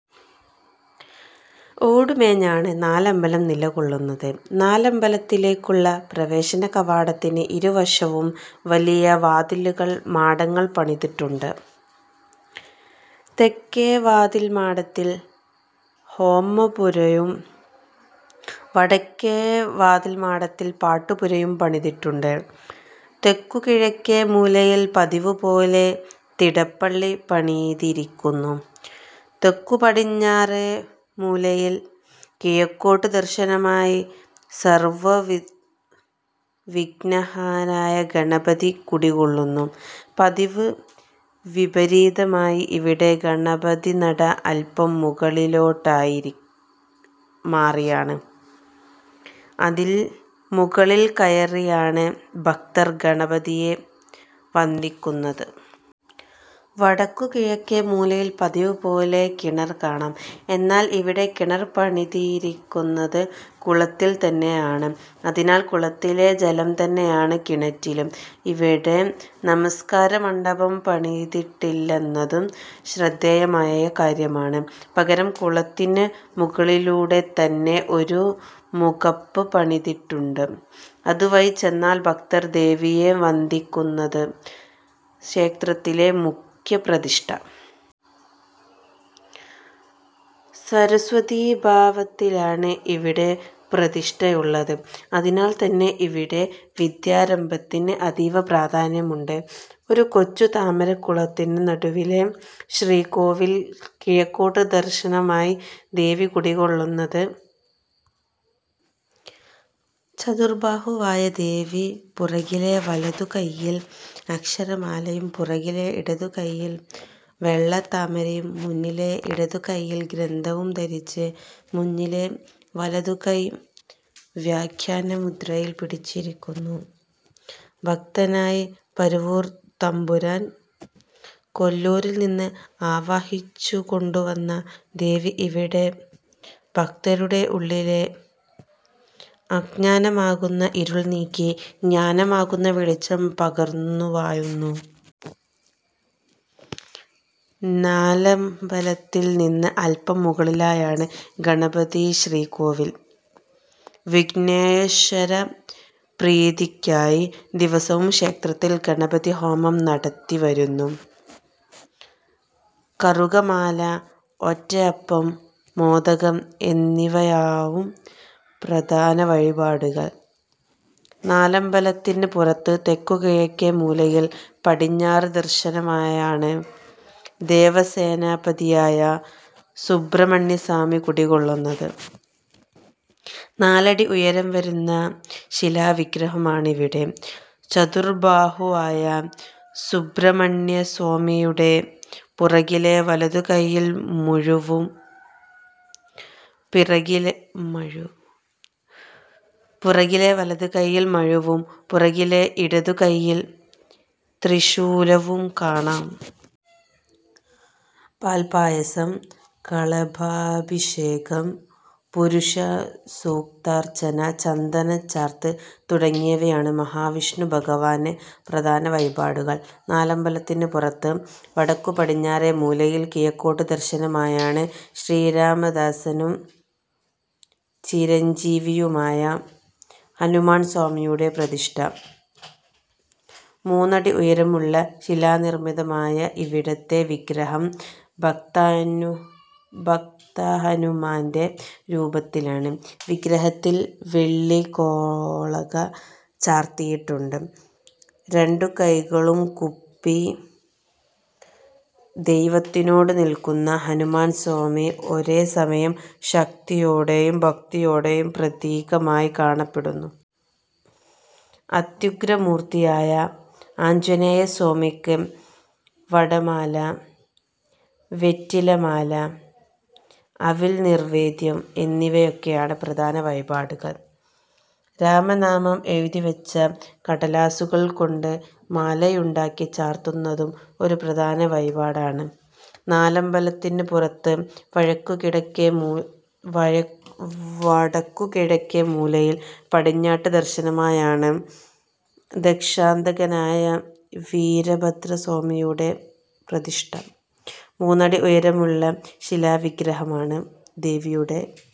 ഓടുമേഞ്ഞാണ് നാലമ്പലം നിലകൊള്ളുന്നത്. നാലമ്പലത്തിലേയ്ക്കുള്ള പ്രവേശനകവാടത്തിന് ഇരുവശവും വലിയ വാതിൽമാടങ്ങൾ പണിതിട്ടുണ്ട്. തെക്കേ വാതിൽമാടത്തിൽ ഹോമപ്പുരയും വടക്കേ വാതിൽമാടത്തിൽ പാട്ടുപുരയും പണിതിട്ടുണ്ട്. തെക്കുകിഴക്കേമൂലയിൽ പതിവുപോലെ തിടപ്പള്ളി പണിതിരിയ്ക്കുന്നു. തെക്കുപടിഞ്ഞാറേമൂലയിൽ കിഴക്കോട്ട് ദർശനമായി സർവ്വവിഘ്നഹരനായ ഗണപതി കുടികൊള്ളുന്നു. പതിവിന് വിപരീതമായി ഇവിടെ ഗണപതിനട അല്പം മുകളിലോട്ടുമാറിയാണ്. അതിനാൽ, മുകളിൽ കയറിനിന്നാണ് ഭക്തർ ഗണപതിയെ വന്ദിയ്ക്കുന്നത്. വടക്കുകിഴക്കേമൂലയിൽ പതിവുപോലെ കിണർ കാണാം. എന്നാൽ, ഇവിടെ കിണർ പണിതിരിയ്ക്കുന്നത് കുളത്തിൽ തന്നെയാണ്! അതിനാൽ, കുളത്തിലെ ജലം തന്നെയാണ് കിണറ്റിലും. ഇവിടെ നമസ്കാരമണ്ഡപം പണിതിട്ടില്ലെന്നതും ശ്രദ്ധേയമായ കാര്യമാണ്. പകരം കുളത്തിന് മുകളിലൂടെത്തന്നെ ഒരു മുഖപ്പ് പണിതിട്ടുണ്ട്. ഇതുവഴി ചെന്നാണ് ഭക്തർ ദേവിയെ വന്ദിയ്ക്കുന്നത്. ക്ഷേത്രത്തിലെ മുഖ്യപ്രതിഷ്ഠ. സരസ്വതീഭാവത്തിലാണ് ഇവിടെ പ്രതിഷ്ഠയുള്ളത്. അതിനാൽ തന്നെ ഇവിടെ വിദ്യാരംഭത്തിന് അതീവപ്രാധാന്യമുണ്ട്. ഒരു കൊച്ചുതാമരക്കുളത്തിന് നടുവിലെ ശ്രീകോവിലിൽ കിഴക്കോട്ട് ദർശനമായാണ് ദേവി കുടികൊള്ളുന്നത്. ചതുർബാഹുവായ ദേവി പുറകിലെ വലതുകയ്യിൽ അക്ഷമാലയും പുറകിലെ ഇടതുകയ്യിൽ വെള്ളത്താമരയും മുന്നിലെ ഇടതുകയ്യിൽ ഗ്രന്ഥവും ധരിച്ച് മുന്നിലെ വലതുകൈ വ്യാഖ്യാനമുദ്രയിൽ പിടിച്ചിരിയ്ക്കുന്നു. ഭക്തനായ പറവൂർ തമ്പുരാൻ കൊല്ലൂരിൽ നിന്ന് ആവാഹിച്ചുകൊണ്ടുവന്ന ദേവി ഇവിടെ ഭക്തരുടെയുള്ളിലെ അജ്ഞാനമാകുന്ന ഇരുൾ നീക്കി ജ്ഞാനമാകുന്ന വെളിച്ചം പകർന്നുവാഴുന്നു. നാലമ്പലത്തിൽ നിന്ന് അല്പം മുകളിലായാണ് ഗണപതിശ്രീകോവിൽ. വിഘ്നേശ്വരപ്രീതിയ്ക്കായി ദിവസവും ക്ഷേത്രത്തിൽ ഗണപതിഹോമം നടത്തിവരുന്നു. കറുകമാല, ഒറ്റയപ്പം, മോദകം തുടങ്ങിയവയും പ്രധാനവഴിപാടുകളാണ്. നാലമ്പലത്തിന് പുറത്ത് തെക്കുകിഴക്കേമൂലയിൽ പടിഞ്ഞാട്ട് ദർശനമായാണ് ദേവസേനാപതിയായ സുബ്രഹ്മണ്യസ്വാമി കുടികൊള്ളുന്നത്. നാലടി ഉയരം വരുന്ന ശിലാവിഗ്രഹമാണിവിടെ. ചതുർബാഹുവായ സുബ്രഹ്മണ്യസ്വാമിയുടെ പുറകിലെ വലതുകയ്യിൽ മഴുവും പുറകിലെ ഇടതുകയ്യിൽ ത്രിശൂലവും കാണാം. മിസ്പ്രോനോസ് അത്യുഗ്രമൂർത്തിയായ ആഞ്ജനേയസ്വാമിയ്ക്ക് വടമാല, വെറ്റിലമാല, അവിൽ നിവേദ്യം തുടങ്ങിയവയാണ് പ്രധാന വഴിപാടുകൾ. രാമനാമം എഴുതിവച്ച കടലാസുകൾ കൊണ്ട് മാലയുണ്ടാക്കി ചാർത്തുന്നതും ഒരു പ്രധാന വഴിപാടാണ്. നാലമ്പലത്തിന് പുറത്ത് വടക്കുകിഴക്കേമൂലയിൽ പടിഞ്ഞാട്ട് ദർശനമായാണ് ദക്ഷാന്തകനായ വീരഭദ്രസ്വാമിയുടെ പ്രതിഷ്ഠ. മൂന്നടി ഉയരമുള്ള ശിലാവിഗ്രഹമാണ്. ദേവിയുടെ